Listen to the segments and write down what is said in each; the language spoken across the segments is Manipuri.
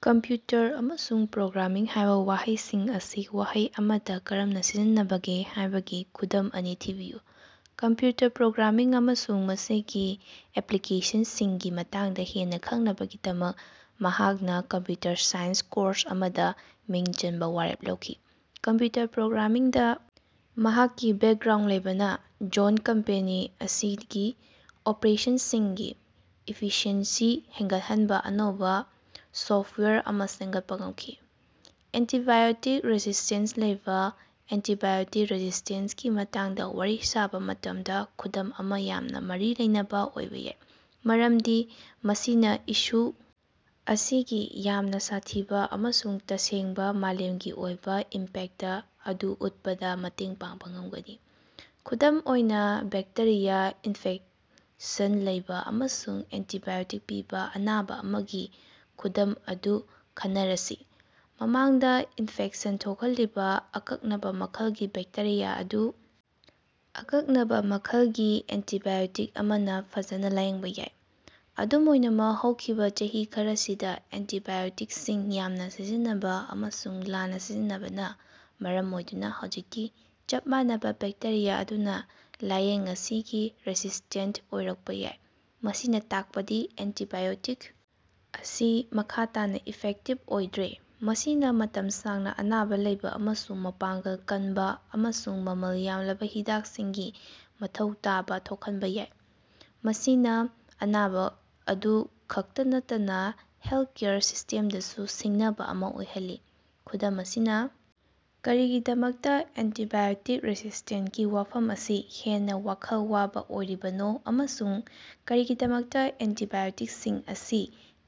"ꯀꯝꯄ꯭ꯌꯨꯎꯇꯔ" ꯑꯃꯁꯨꯡ "ꯄ꯭ꯔꯣꯒ꯭ꯔꯥꯃꯤꯡ" ꯍꯥꯏꯕ ꯋꯥꯍꯩꯁꯤꯡ ꯑꯁꯤ ꯋꯥꯍꯩ ꯑꯃꯗ ꯀꯔꯝꯅ ꯁꯤꯖꯤꯟꯅꯕꯒꯦ ꯍꯥꯏꯕꯒꯤ ꯈꯨꯗꯝ ꯑꯅꯤ ꯊꯤꯕꯤꯌꯨ꯫ ꯀꯝꯄ꯭ꯌꯨꯇꯔ ꯄ꯭ꯔꯣꯒ꯭ꯔꯥꯃꯤꯡ ꯑꯃꯁꯨꯡ ꯃꯁꯤꯒꯤ ꯑꯦꯞꯂꯤꯀꯦꯁꯟꯁꯤꯡꯒꯤ ꯃꯇꯥꯡꯗ ꯍꯦꯟꯅ ꯈꯪꯅꯕꯒꯤꯗꯃꯛ ꯃꯍꯥꯛꯅ ꯀꯝꯄꯌꯨꯇꯔ ꯁꯥꯏꯟꯁ ꯀꯣꯔꯁ ꯑꯃꯗ ꯃꯤꯡ ꯆꯟꯕ ꯋꯥꯔꯦꯞ ꯂꯧꯈꯤ꯫ ꯀꯝꯄ꯭ꯌꯨꯇꯔ ꯄ꯭ꯔꯣꯒ꯭ꯔꯥꯃꯤꯡꯗ ꯃꯍꯥꯛꯀꯤ ꯕꯦꯀꯒ꯭ꯔꯥꯎꯟꯗ ꯂꯩꯕꯅ ꯖꯣꯟꯗ ꯀꯝꯄꯦꯅꯤ ꯑꯁꯤꯒꯤ ꯑꯣꯄꯔꯦꯁꯟꯁꯤꯡꯒꯤ ꯏꯐꯤꯁꯤꯑꯦꯟꯁꯤ ꯍꯦꯟꯒꯠꯍꯟꯕ ꯑꯅꯧꯕ ꯁꯣꯐꯋꯥꯌꯔ ꯑꯃ ꯁꯦꯝꯒꯠꯄ ꯉꯝꯈꯤ꯫ ꯑꯦꯟꯇꯤꯕꯥꯏꯑꯣꯇꯤꯛ ꯔꯦꯁꯤꯁ꯭ꯇꯦꯟꯁ ꯂꯩꯕ ꯑꯦꯟꯇꯤꯕꯥꯏꯑꯣꯇꯤꯛ ꯔꯦꯁꯤꯁ꯭ꯇꯦꯟꯁꯀꯤ ꯃꯇꯥꯡꯗꯥ ꯋꯥꯔꯤ ꯁꯥꯕ ꯃꯇꯝꯗ ꯈꯨꯗꯝ ꯑꯃ ꯌꯥꯝꯅ ꯃꯔꯤ ꯂꯩꯅꯕ ꯑꯣꯏꯕ ꯌꯥꯏ꯫ ꯃꯔꯝꯗꯤ ꯃꯁꯤꯅ ꯏꯁꯨ ꯑꯁꯤꯒꯤ ꯌꯥꯝꯅ ꯁꯥꯊꯤꯕ ꯑꯃꯁꯨꯡ ꯇꯁꯦꯡꯕ ꯃꯥꯂꯦꯝꯒꯤ ꯑꯣꯏꯕ ꯏꯝꯄꯦꯛꯇ ꯑꯗꯨ ꯎꯠꯄꯗ ꯃꯇꯦꯡ ꯄꯥꯡꯕ ꯉꯝꯒꯅꯤ꯫ ꯈꯨꯗꯝ ꯑꯣꯏꯅ ꯕꯦꯛꯇꯦꯔꯤꯌꯥ ꯏꯅꯐꯦꯛꯁꯟ ꯂꯩꯕ ꯑꯃꯁꯨꯡ ꯑꯦꯟꯇꯤꯕꯥꯏꯑꯣꯇꯤꯛ ꯄꯤꯕ ꯑꯅꯥꯕ ꯑꯃꯒꯤ ꯈꯨꯗꯝ ꯑꯗꯨ ꯈꯟꯅꯔꯁꯤ꯫ ꯃꯃꯥꯡꯗ ꯏꯅꯐꯦꯛꯁꯟ ꯊꯣꯛꯍꯜꯂꯤꯕ ꯑꯀꯛꯅꯕ ꯃꯈꯜꯒꯤ ꯕꯦꯛꯇꯦꯔꯤꯌꯥ ꯑꯗꯨ ꯑꯀꯛꯅꯕ ꯃꯈꯜꯒꯤ ꯑꯦꯟꯇꯤꯕꯥꯏꯑꯣꯇꯤꯛ ꯑꯃꯅ ꯐꯖꯅ ꯂꯥꯌꯦꯡꯕ ꯌꯥꯏ꯫ ꯑꯗꯨꯝ ꯑꯣꯏꯅꯃꯛ, ꯍꯧꯈꯤꯕꯥ ꯆꯍꯤ ꯈꯔꯁꯤꯗ ꯑꯦꯟꯇꯤꯕꯥꯏꯑꯣꯇꯤꯛꯁꯤꯡ ꯌꯥꯝꯅ ꯁꯤꯖꯤꯟꯅꯕ ꯑꯃꯁꯨꯡ ꯂꯥꯟꯅ ꯁꯤꯖꯤꯟꯅꯕꯅ ꯃꯔꯝ ꯑꯣꯏꯗꯨꯅ ꯍꯧꯖꯤꯛꯇꯤ ꯆꯞ ꯃꯥꯟꯅꯕ ꯕꯦꯛꯇꯦꯔꯤꯌꯥ ꯑꯗꯨꯅ ꯂꯥꯌꯦꯡ ꯑꯁꯤꯒꯤ ꯔꯦꯁꯤꯁ꯭ꯇꯦꯟꯇ ꯑꯣꯏꯔꯛꯄ ꯌꯥꯏ꯫ ꯃꯁꯤꯅ ꯇꯥꯛꯄꯗꯤ ꯑꯦꯟꯇꯤꯕꯥꯏꯑꯣꯇꯤꯛ ꯑꯁꯤ ꯃꯈꯥ ꯇꯥꯅ ꯏꯐꯦꯛꯇꯤꯕ ꯑꯣꯏꯗ꯭ꯔꯦ꯫ ꯃꯁꯤꯅ ꯃꯇꯝ ꯁꯥꯡꯅ ꯑꯅꯥꯕ ꯂꯩꯕ ꯑꯃꯁꯨꯡ ꯃꯄꯥꯡꯒꯜ ꯀꯟꯕ ꯑꯃꯁꯨꯡ ꯃꯃꯜ ꯌꯥꯝꯂꯕ ꯍꯤꯗꯥꯛꯁꯤꯡꯒꯤ ꯃꯊꯧ ꯇꯥꯕ ꯊꯣꯛꯍꯟꯕ ꯌꯥꯏ꯫ ꯃꯁꯤꯅ ꯑꯅꯥꯕ ꯑꯗꯨ ꯈꯛꯇ ꯅꯠꯇꯅ ꯍꯦꯜꯊꯀꯦꯌꯔ ꯁꯤꯁ꯭ꯇꯦꯝꯗꯁꯨ ꯁꯤꯡꯅꯕ ꯑꯃ ꯑꯣꯏꯍꯜꯂꯤ꯫ ꯈꯨꯗꯝ ꯑꯁꯤꯅ ꯀꯔꯤꯒꯤꯗꯃꯛꯇ ꯑꯦꯟꯇꯤꯕꯥꯏꯑꯣꯇꯤꯛ ꯔꯦꯁꯤꯁ꯭ꯇꯦꯟꯁꯀꯤ ꯋꯥꯐꯝ ꯑꯁꯤ ꯍꯦꯟꯅ ꯋꯥꯈꯜ ꯋꯥꯕ ꯑꯣꯏꯔꯤꯕꯅꯣ ꯑꯃꯁꯨꯡ ꯀꯔꯤꯒꯤꯗꯃꯛꯇ ꯑꯦꯟꯇꯤꯕꯥꯏꯑꯣꯇꯤꯛꯁꯤꯡ ꯑꯁꯤ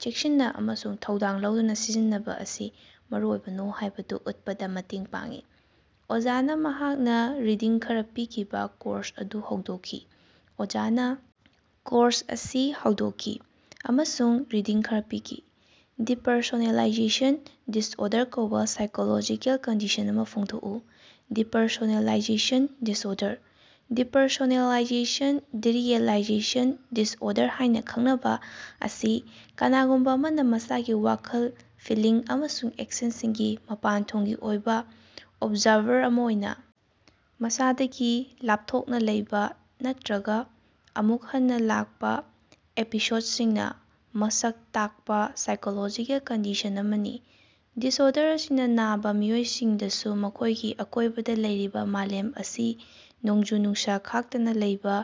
ꯆꯦꯛꯁꯤꯟꯅ ꯑꯃꯁꯨꯡ ꯊꯧꯗꯥꯡ ꯂꯧꯗꯨꯅ ꯁꯤꯖꯤꯟꯅꯕ ꯑꯁꯤ ꯃꯔꯨꯑꯣꯏꯕꯅꯣ ꯍꯥꯏꯕꯗꯨ ꯎꯠꯄꯗ ꯃꯇꯦꯡ ꯄꯥꯡꯏ꯫ ꯑꯣꯖꯥꯅ ꯃꯍꯥꯛꯅ ꯔꯤꯗꯤꯡ ꯈꯔ ꯄꯤꯈꯤꯕ ꯀꯣꯔꯁ ꯑꯗꯨ ꯍꯧꯗꯣꯛꯈꯤ꯫ ꯑꯣꯖꯥꯅꯥ ꯀꯣꯔꯁ ꯑꯁꯤ ꯍꯧꯗꯣꯛꯈꯤ ꯑꯃꯁꯨꯡ ꯔꯤꯗꯤꯡ ꯈꯔ ꯄꯤꯈꯤ꯫ "ꯗꯤꯄꯔꯁꯣꯅꯦꯂꯥꯏꯖꯦꯁꯟ ꯗꯤꯁꯑꯣꯔꯗꯔ" ꯀꯧꯕ ꯁꯥꯏꯀꯣꯂꯣꯖꯤꯀꯦꯜ ꯀꯟꯗꯤꯁꯟ ꯑꯃ ꯐꯣꯡꯗꯣꯛꯎ꯫ ꯗꯤꯄꯔꯁꯣꯅꯦꯂꯥꯏꯖꯦꯁꯟ ꯗꯤꯁꯑꯣꯔꯗꯔ, ꯗꯤꯄꯔꯁꯣꯅꯦꯂꯥꯏꯖꯦꯁꯟ-ꯗꯤꯔꯤꯑꯦꯂꯥꯏꯖꯦꯁꯟ ꯗꯤꯁꯑꯣꯔꯗꯔ ꯍꯥꯢꯅ ꯈꯪꯅꯕ ꯑꯁꯤ, ꯀꯅꯥꯒꯨꯝꯕ ꯑꯃꯅ ꯃꯁꯥꯒꯤ ꯋꯥꯈꯜ, ꯐꯤꯜꯂꯤꯡ ꯑꯃꯁꯨꯡ ꯑꯦꯛꯁꯟꯁꯤꯡꯒꯤ ꯃꯄꯥꯟꯊꯣꯡꯒꯤ ꯑꯣꯏꯕ ꯑꯣꯕꯖꯥꯔꯚꯔ ꯑꯃ ꯑꯣꯏꯅ, ꯃꯁꯥꯗꯒꯤ ꯂꯥꯄꯊꯣꯛꯅ ꯂꯩꯕ ꯅꯠꯇ꯭ꯔꯒ ꯑꯃꯨꯛ ꯍꯟꯅ ꯂꯥꯛꯄ ꯑꯦꯄꯤꯁꯣꯗꯁꯤꯡꯅꯥ ꯃꯁꯛ ꯇꯥꯛꯄ ꯁꯥꯏꯀꯣꯂꯣꯖꯤꯀꯦꯜ ꯀꯟꯗꯤꯁꯟ ꯑꯃꯅꯤ꯫ ꯗꯤꯁꯑꯣꯔꯗꯔ ꯑꯁꯤꯅ ꯅꯥꯕ ꯃꯤꯑꯣꯏꯁꯤꯡꯗꯁꯨ ꯃꯈꯣꯏꯒꯤ ꯑꯀꯣꯏꯕꯗ ꯂꯩꯔꯤꯕ ꯃꯥꯂꯦꯝ ꯑꯁꯤ ꯅꯣꯡꯖꯨ-ꯅꯨꯡꯁꯥ ꯈꯥꯛꯇꯅ ꯂꯩꯕ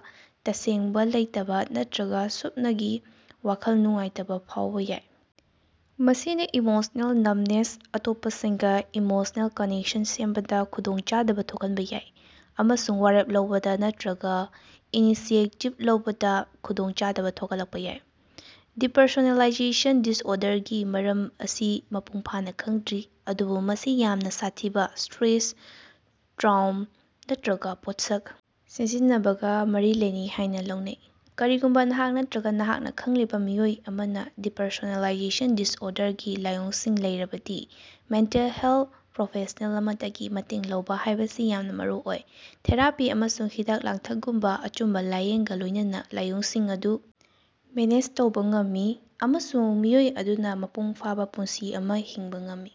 ꯇꯁꯦꯡꯕ ꯂꯩꯇꯕ ꯅꯠꯇ꯭ꯔꯒ ꯁꯨꯞꯅꯒꯤ ꯋꯥꯈꯜ ꯅꯨꯡꯉꯥꯏꯇꯕ ꯐꯥꯎꯕ ꯌꯥꯏ꯫ ꯃꯁꯤꯅ ꯏꯃꯣꯁꯅꯦꯜ ꯅ꯭ꯌꯨꯝꯕꯅꯦꯁ, ꯑꯇꯣꯞꯄꯁꯤꯡꯒ ꯏꯃꯣꯁꯅꯦꯜ ꯀꯅꯦꯛꯁꯟ ꯁꯦꯝꯕꯗ ꯈꯨꯗꯣꯡꯆꯥꯗꯕ ꯊꯣꯛꯍꯟꯕ ꯌꯥꯏ꯫ ꯑꯃꯁꯨꯡ ꯋꯥꯔꯦꯞ ꯂꯧꯕꯗ ꯅꯠꯇ꯭ꯔꯒ ꯏꯅꯤꯁꯤꯑꯦꯇꯤꯚ ꯂꯧꯕꯗ ꯈꯨꯗꯣꯡꯆꯥꯗꯕ ꯊꯣꯛꯍꯜꯂꯛꯄ ꯌꯥꯏ꯫ ꯗꯤꯄꯔꯁꯣꯅꯦꯂꯥꯏꯖꯦꯁꯟ ꯗꯤꯁꯑꯣꯔꯗꯔꯒꯤ ꯃꯔꯝ ꯑꯁꯤ ꯃꯄꯨꯡꯐꯥꯅ ꯈꯪꯗ꯭ꯔꯤ꯫ ꯑꯗꯨꯕꯨ ꯃꯁꯤ ꯌꯥꯝꯅ ꯁꯥꯊꯤꯕ ꯁ꯭ꯇꯔꯦꯁ, ꯇ꯭ꯔꯥꯎꯃ ꯅꯠꯇ꯭ꯔꯒ ꯄꯣꯠꯁꯛ ꯁꯤꯖꯤꯟꯅꯕꯒ ꯃꯔꯤ ꯂꯩꯅꯩ ꯍꯥꯏꯅ ꯂꯧꯅꯩ꯫ ꯀꯔꯤꯒꯨꯝꯕ ꯅꯍꯥꯛ ꯅꯠꯇ꯭ꯔꯒ ꯅꯍꯥꯛꯅ ꯈꯪꯂꯤꯕ ꯃꯤꯑꯣꯏ ꯑꯃꯅ ꯗꯤꯄꯔꯁꯣꯅꯦꯂꯥꯏꯖꯦꯁꯟ ꯗꯤꯁꯑꯣꯔꯗꯔꯒꯤ ꯂꯥꯏꯑꯣꯡꯁꯤꯡ ꯂꯩꯔꯕꯗꯤ ꯃꯦꯟꯇꯦꯜ ꯍꯦꯂꯊ ꯄ꯭ꯔꯣꯐꯦꯁꯅꯦꯜ ꯑꯃꯗꯒꯤ ꯃꯇꯦꯡ ꯂꯧꯕ ꯍꯥꯏꯕꯁꯤ ꯌꯥꯝꯅ ꯃꯔꯨꯑꯣꯏ꯫ ꯊꯦꯔꯥꯄꯤ ꯑꯃꯁꯨꯡ ꯍꯤꯗꯥꯛ-ꯂꯥꯡꯊꯛꯒꯨꯝꯕ ꯑꯆꯨꯝꯕ ꯂꯥꯏꯌꯦꯡꯒ ꯂꯣꯏꯅꯅ ꯂꯥꯏꯑꯣꯡꯁꯤꯡ ꯑꯗꯨ ꯃꯦꯅꯦꯖ ꯇꯧꯕ ꯉꯝꯃꯤ꯫ ꯑꯃꯁꯨꯡ ꯃꯤꯑꯣꯏ ꯑꯗꯨꯅ ꯃꯄꯨꯡꯐꯥꯕ ꯄꯨꯟꯁꯤ ꯑꯃ ꯍꯤꯡꯕ ꯉꯝꯃꯤ꯫